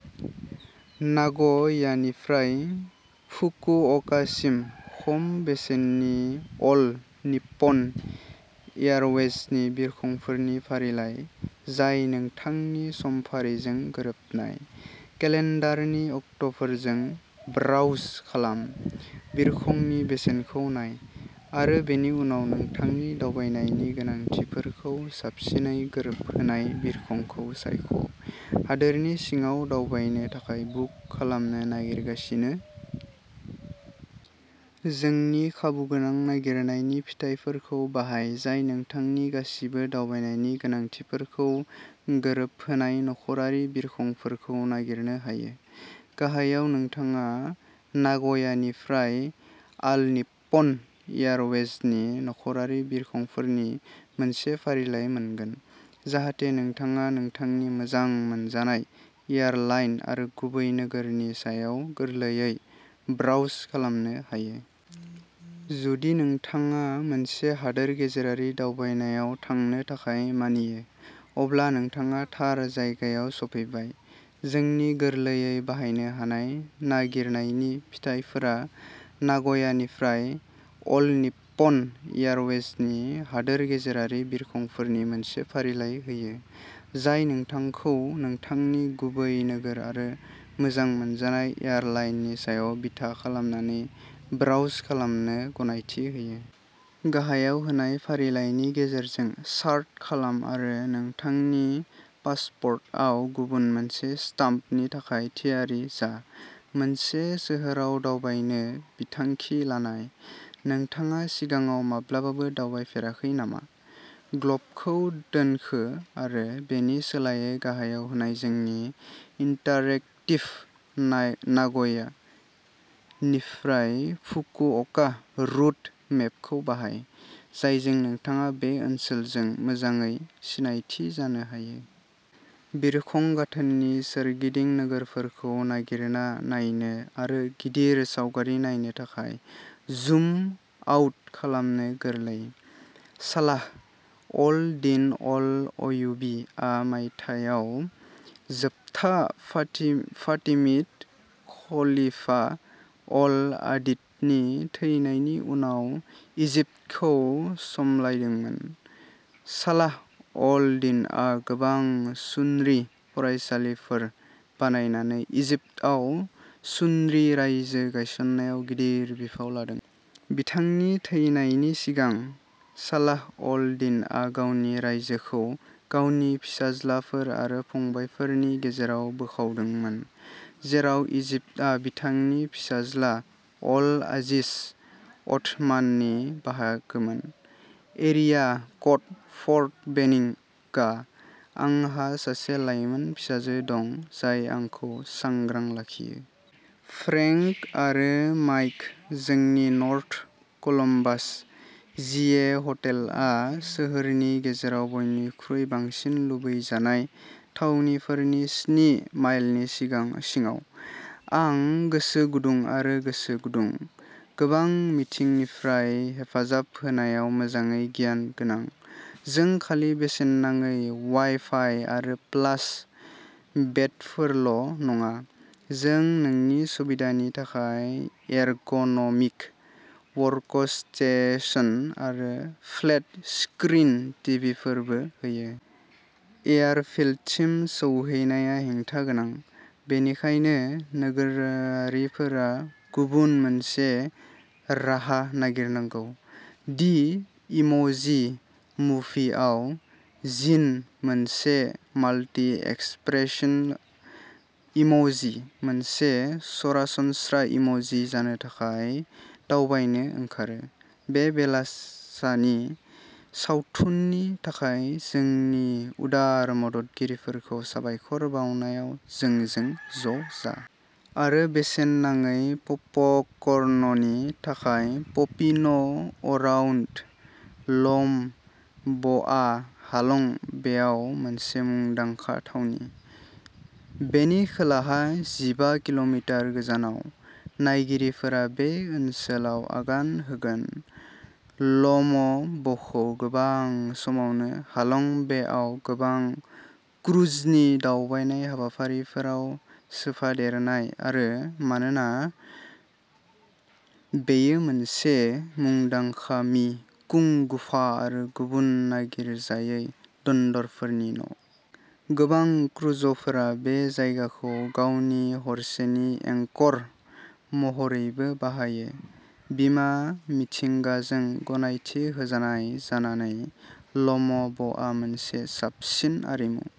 नाग' यानिफ्राय फुकुअ'कासिम खम बेसेननि अल निप्प'न एयारवेजनि बिरखंफोरनि फारिलाइ जाय नोंथांनि समफारिजों गोरोबनाय। केलेन्डारनि अक्ट'फोरजों ब्राउज खालाम, बिरखंनि बेसेनखौ नाय, आरो बेनि उनाव नोंथांनि दावबायनायनि गोनांथिफोरखौ साबसिनै गोरोबहोनाय बिरखंखौ सायख'। हादोरनि सिङाव दावबायनो थाखाय बुक खालामनो नागिरगासिनो? जोंनि खाबुगोनां नागिरनायनि फिथायफोरखौ बाहाय जाय नोंथांनि गासिबो दावबायनायनि गोनांथिफोरखौ गोरोबहोनाय नखरारि बिरखंफोरखौ नागिरनो हायो। गाहायाव नोंथाङा नाग'यानिफ्राय अल निप्प'न एयारवेजनि नखरारि बिरखंफोरनि मोनसे फारिलाइ मोनगोन, जाहाथे नोंथाङा नोंथांनि मोजां मोनजानाय एयारलाइन आरो गुबै नोगोरनि सायाव गोरलैयै ब्राउज खालामनो हायो। जुदि नोंथाङा मोनसे हादोर गेजेरारि दावबायनायाव थांनो थाखाय मानियो, अब्ला नोंथाङा थार जायगायाव सफैबाय। जोंनि गोरलैयै बाहायनो हानाय नागिरनायनि फिथायफोरा नाग'यानिफ्राय अल निप्प'न एयारवेजनि हादोर गेजेरारि बिरखंफोरनि मोनसे फारिलाइ होयो, जाय नोंथांखौ नोंथांनि गुबै नोगोर आरो मोजां मोनजानाय एयार लाइननि सायाव बिथा खालामनानै ब्राउज खालामनो गनायथि होयो। गाहायाव होनाय फारिलाइनि गेजेरजों सार्ट खालाम आरो नोंथांनि पासपोर्टआव गुबुन मोनसे स्टाम्पनि थाखाय थियारि जा। मोनसे सोहोराव दावबायनो बिथांखि लानाय। नोंथाङा सिगाङाव माब्लाबाबो दावबायफेराखै नामा? ग्ल'बखौ दोनखो आरो बेनि सोलायै गाहायाव होनाय जोंनि इन्टारेक्टिभ नाय नाग'या निफ्राय फुकुअ'का रुट मेपखौ बाहाय, जायजों नोंथाङा बे ओनसोलजों मोजाङै सिनायथि जानो हायो। बिरखं गाथोननि सोरगिदिं नोगोरफोरखौ नागिरना नायनो आरो गिदिर सावगारि नायनो थाखाय जुम आउट खालामनो गोरलै। सालाह अल-दीन अल-अयुबी आ मायथाइयाव जोबथा फाति फातिमिद खलीफा अल-आदिदनि थैनायनि उनाव इजिप्टखौ सामलायदोंमोन। सालाह अल-दिनआ गोबां सुनरि फरायसालिफोर बानायनानै इजिप्टआव सुनरि रायजो गायसननायाव गिदिर बिफाव लादोंमोन। बिथांनि थैनायनि सिगां, सालाह अल-दिनआ गावनि रायजोखौ गावनि फिसाज्लाफोर आरो फंबायफोरनि गेजेराव बोखावदोंमोन, जेराव इजिप्टआ बिथांनि फिसाज्ला अल-आजिज अथमाननि बाहागोमोन। एरिया क'ड फर्ट बेनिं गा। आंहा सासे लाइमोन फिसाजो दं जाय आंखौ सांग्रां लाखियो। फ्रेंक आरो माइक। जोंनि नर्थ कलम्बास, जीए हटेलआ सोहोरनि गेजेराव बयनिख्रुइ बांसिन लुबैजानाय थावनिफोरनि स्नि माइलनि सिगां सिङाव। आं गोसो गुदुं आरो गोसो गुदुं। गोबां बिथिंनिफ्राय हेफाजाब होनायाव मोजाङै गियान गोनां। जों खालि बेसेन नाङै वाइ-फाइ आरो प्लास बेडफोरल' नङा, जों नोंनि सुबिदानि थाखाय एर्ग'न'मिक वर्कस्टेशन आरो फ्लेट-स्क्रिन टिभिफोरबो होयो। एयारफील्डसिम सौहैनाया हेंथा गोनां, बेनिखायनो नोगोरारिफोरा गुबुन मोनसे राहा नागिरनांगौ। दि इम'जि मुभिआव, जिन, मोनसे माल्टि-एक्सप्रेसन इम'जि, मोनसे सरासनस्रा इम'जि जानो थाखाय दावबायनो ओंखारो। बे बेलासानि सावथुननि थाखाय जोंनि उदार मददगिरिफोरखौ साबायखर बावनायाव जोंजों ज' जा। आरो बेसेन नाङै पप'कर्न'नि थाखाय पपिन' अराउन्ड। ल'म ब'आ हालं बेआव मोनसे मुंदांखा थावनि। बेनि खोलाहा जिबा किल'मिटार गोजानाव, नायगिरिफोरा बे ओनसोलाव आगान होगोन। ल'म ब'खौ गोबां समावनो हालं बेआव गोबां क्रुजनि दावबायनाय हाबाफारिफोराव सोफादेरनाय आरो मानोना बेयो मोनसे मुंदांखा मि कुं गुफा आरो गुबुन नागिरजायै दन्दरफोरनि न'। गोबां क्रुज'फोरा बे जायगाखौ गावनि हरसेनि एंकर महरैबो बाहायो। बिमा मिथिंगाजों गनायथि होजानाय जानानै, ल'म ब'आ मोनसे साबसिन आरिमु।